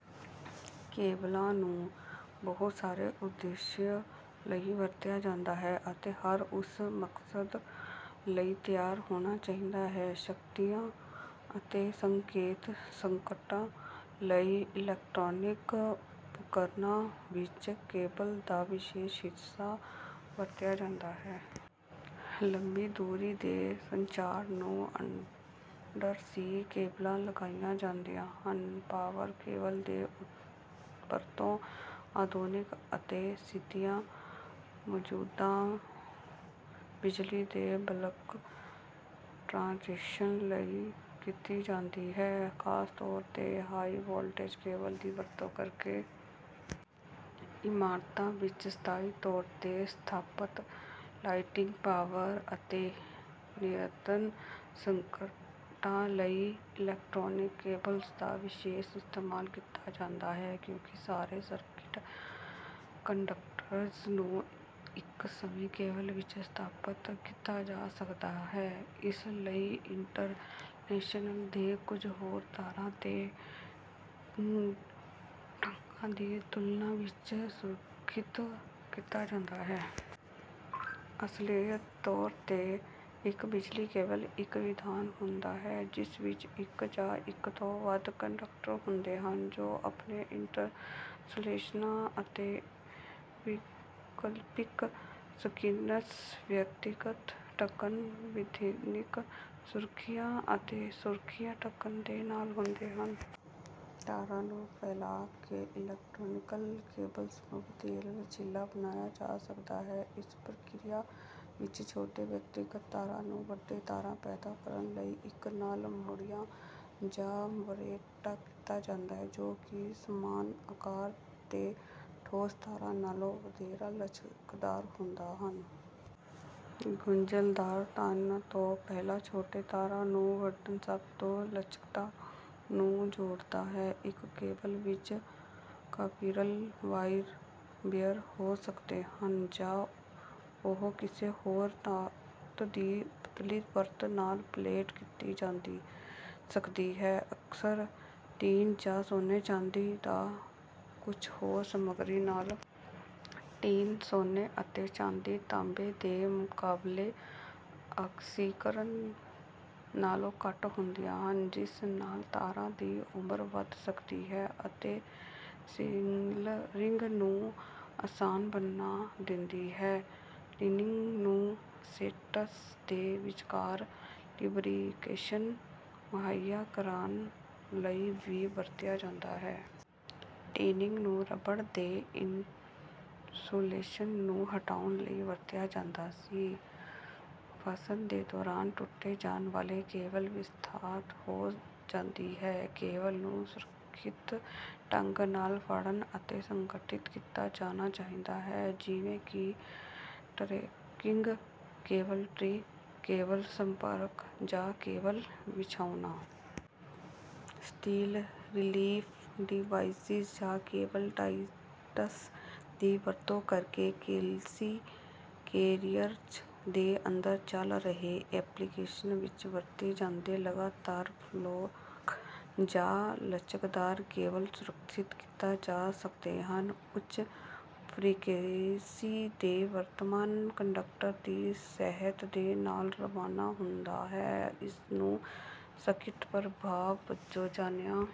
ਕੇਬਲਾਂ ਨੂੰ ਬਹੁਤ ਸਾਰੇ ਉਦੇਸ਼ਾਂ ਲਈ ਵਰਤਿਆ ਜਾਂਦਾ ਹੈ, ਅਤੇ ਹਰ ਉਸ ਮਕਸਦ ਲਈ ਤਿਆਰ ਹੋਣਾ ਚਾਹੀਦਾ ਹੈ। ਸ਼ਕਤੀਆਂ ਅਤੇ ਸੰਕੇਤ ਸੰਕਟਾਂ ਲਈ ਇਲੈਕਟ੍ਰੋਨਿਕ ਉਪਕਰਣਾਂ ਵਿੱਚ ਕੇਬਲਾਂ ਦਾ ਵਿਸ਼ਾਲ ਹਿੱਸਾ ਵਰਤਿਆ ਜਾਂਦਾ ਹੈ। ਲੰਮੀ ਦੂਰੀ ਦੇ ਸੰਚਾਰ ਨੂੰ ਅੰਡਰ ਸੀ ਕੇਬਲਾਂ ਲਗਾਇਆ ਜਾਂਦੀਆਂ ਹਨ। ਪਾਵਰ ਕੇਬਲ ਦੀ ਵਰਤੋਂ ਆਧੁਨਿਕ ਅਤੇ ਸਿੱਧੀਆਂ ਮੌਜੂਦਾ ਬਿਜਲੀ ਦੇ ਬਲਕ ਟ੍ਰਾਂਸਲੇਸ਼ਨ ਲਈ ਕੀਤੀ ਜਾਂਦੀ ਹੈ, ਖਾਸ ਤੌਰ ਤੇ ਹਾਈ-ਵੋਲਟੇਜ ਕੇਬਲ ਦੀ ਵਰਤੋਂ ਕਰਕੇ। ਇਮਾਰਤਾਂ ਵਿੱਚ ਸਥਾਈ ਤੌਰ ਤੇ ਸਥਾਪਤ ਲਾਈਟਿੰਗ, ਪਾਵਰ ਅਤੇ ਨਿਯੰਤਰਣ ਸਰਕਟਾਂ ਲਈ ਇਲੈਕਟ੍ਰੀਕਲ ਕੇਬਲਸ ਦਾ ਵਿਸ਼ਾਲ ਇਸਤੇਮਾਲ ਕੀਤਾ ਜਾਂਦਾ ਹੈ। ਕਿਉਂਕਿ ਸਾਰੇ ਸਰਕਿਟ ਕੰਡਕਟਰਜ਼ ਨੂੰ ਇੱਕ ਸਮੇਂ ਕੇਬਲ ਵਿੱਚ ਸਥਾਪਤ ਕੀਤਾ ਜਾ ਸਕਦਾ ਹੈ, ਇਸ ਲਈ ਇੰਸਟਾਲੇਸ਼ਨ ਦੇ ਕੁਝ ਹੋਰ ਤਾਰਾਂ ਦੇ ਢੰਗਾਂ ਦੀ ਤੁਲਨਾ ਵਿੱਚ ਸੁਰੱਖਿਅਤ ਕੀਤਾ ਜਾਂਦਾ ਹੈ। ਅਸਲੀਅਤ ਤੌਰ 'ਤੇ, ਇੱਕ ਬਿਜਲੀ ਕੇਬਲ ਇੱਕ ਵਿਧਾਨ ਹੁੰਦਾ ਹੈ ਜਿਸ ਵਿੱਚ ਇੱਕ ਜਾਂ ਇੱਕ ਤੋਂ ਵੱਧ ਕੰਡਕਟਰ ਹੁੰਦੇ ਹਨ ਜੋ ਆਪਣੇ ਇਨਸੂਲੇਸ਼ਨਾਂ ਅਤੇ ਵਿਕਲਪਿਕ ਸਕ੍ਰੀਨਸ, ਵਿਅਕਤੀਗਤ ਢੱਕਣਾਂ, ਵਿਧਾਨਿਕ ਸੁਰੱਖਿਆ ਅਤੇ ਸੁਰੱਖਿਆ ਢੱਕਣ ਦੇ ਨਾਲ ਹੁੰਦੇ ਹਨ। ਤਾਰਾਂ ਨੂੰ ਫੈਲਾ ਕੇ ਇਲੈਕਟ੍ਰੀਕਲ ਕੇਬਲਜ਼ ਨੂੰ ਵਧੇਰੇ ਲਚਕੀਲਾ ਬਣਾਇਆ ਜਾ ਸਕਦਾ ਹੈ। ਇਸ ਪ੍ਰਕ੍ਰਿਆ ਵਿੱਚ, ਛੋਟੇ ਵਿਅਕਤੀਗਤ ਤਾਰਾਂ ਨੂੰ ਵੱਡੇ ਤਾਰਾਂ ਪੈਦਾ ਕਰਨ ਲਈ ਇੱਕ ਨਾਲ ਮਰੋੜਿਆ ਜਾਂ ਬਰੇਟ ਕੀਤਾ ਜਾਂਦਾ ਹੈ ਜੋ ਕਿ ਸਮਾਨ ਆਕਾਰ ਦੇ ਠੋਸ ਤਾਰਾਂ ਨਾਲੋਂ ਵਧੇਰੇ ਲਚਕਦਾਰ ਹੁੰਦੇ ਹਨ। ਗੁੰਝਲਦਾਰ ਤਣਾਅ ਤੋਂ ਪਹਿਲਾਂ ਛੋਟੇ ਤਾਰਾਂ ਨੂੰ ਵੱਢਣਾ ਸਭ ਤੋਂ ਲਚਕਤਾ ਨੂੰ ਜੋੜਦਾ ਹੈ। ਇੱਕ ਕੇਬਲ ਵਿੱਚ ਕਾਪੀਰਲ ਵਾਇਰ ਬੇਅਰ ਹੋ ਸਕਦੇ ਹਨ, ਜਾਂ ਉਹ ਕਿਸੇ ਹੋਰ ਧਾਤ ਦੀ ਪਤਲੀ ਪਰਤ ਨਾਲ ਪਲੇਟ ਕੀਤੀ ਜਾ ਸਕਦੀ ਹੈ, ਅਕਸਰ ਟੀਨ ਜਾਂ ਸੋਨੇ, ਚਾਂਦੀ ਜਾਂ ਕੁਝ ਹੋਰ ਸਮੱਗਰੀ ਨਾਲ। ਟੀਨ, ਸੋਨੇ ਅਤੇ ਚਾਂਦੀ ਤਾਂਬੇ ਦੇ ਮੁਕਾਬਲੇ ਆਕਸੀਕਰਨ ਨਾਲੋਂ ਘੱਟ ਹੁੰਦੀਆਂ ਹਨ, ਜਿਸ ਨਾਲ ਤਾਰਾਂ ਦੀ ਉਮਰ ਵਧ ਸਕਦੀ ਹੈ, ਅਤੇ ਸਿਲਰਿੰਗ ਨੂੰ ਆਸਾਨ ਬਣਾ ਦਿੰਦੀ ਹੈ। ਟਿਨਿੰਗ ਨੂੰ ਸੈਂਟਸ ਦੇ ਵਿਚਕਾਰ ਲਿਬਰਿਕੇਸ਼ਨ ਮੁਹੱਈਆ ਕਰਨ ਲਈ ਵੀ ਵਰਤਿਆ ਜਾਂਦਾ ਹੈ। ਟਿਨਿੰਗ ਨੂੰ ਰਬੜ ਦੇ ਇਨਸੂਲੇਸ਼ਨ ਨੂੰ ਹਟਾਉਣ ਲਈ ਵਰਤਿਆ ਜਾਂਦਾ ਸੀ। ਫੱਸਣ ਦੇ ਦੌਰਾਨ ਟੁੱਟੇ ਜਾਣ ਨਾਲ ਕੇਬਲ ਵਿਸਥਾਰ ਹੋ ਜਾਂਦੀ ਹੈ। ਕੇਬਲਾਂ ਨੂੰ ਸੁਰੱਖਿਅਤ ਢੰਗ ਨਾਲ ਫੜਨਾ ਅਤੇ ਸੰਗਠਿਤ ਕੀਤਾ ਜਾਣਾ ਚਾਹੀਦਾ ਹੈ, ਜਿਵੇਂ ਕਿ ਟਰੰਕਿੰਗ, ਕੇਬਲ ਟ੍ਰੇ, ਕੇਬਲ ਸੰਪਰਕ ਜਾਂ ਕੇਬਲ ਵਿਛਾਉਣਾ। ਸਟੈਿਲ ਰਿਲੀਫ ਡਿਵਾਈਸਿਸ ਜਾਂ ਕੇਬਲ ਟਾਇਟਸ ਦੀ ਵਰਤੋਂ ਕਰਕੇ ਕੈਲਸੀ ਕੈਰੀਅਰਜ਼ ਦੇ ਅੰਦਰ ਚੱਲ ਰਹੇ ਐਪਲੀਕੇਸ਼ਨਾਂ ਵਿਚ ਵਰਤੇ ਜਾਂਦੇ ਲਗਾਤਾਰ-ਫਲੈਕ ਜਾਂ ਲਚਕਦਾਰ ਕੇਬਲ ਸੁਰੱਖਿਅਤ ਕੀਤੇ ਜਾ ਸਕਦੇ ਹਨ। ਉੱਚ ਫ੍ਰੀਕੁਏਂਸੀ ਤੇ, ਵਰਤਮਾਨ ਕੰਡਕਟਰ ਦੀ ਸਤਹ ਦੇ ਨਾਲ ਰਵਾਨਾ ਹੁੰਦਾ ਹੈ। ਇਸ ਨੂੰ ਸਕਿਨ ਪ੍ਰਭਾਵ ਵਜੋਂ ਜਾਣਿਆ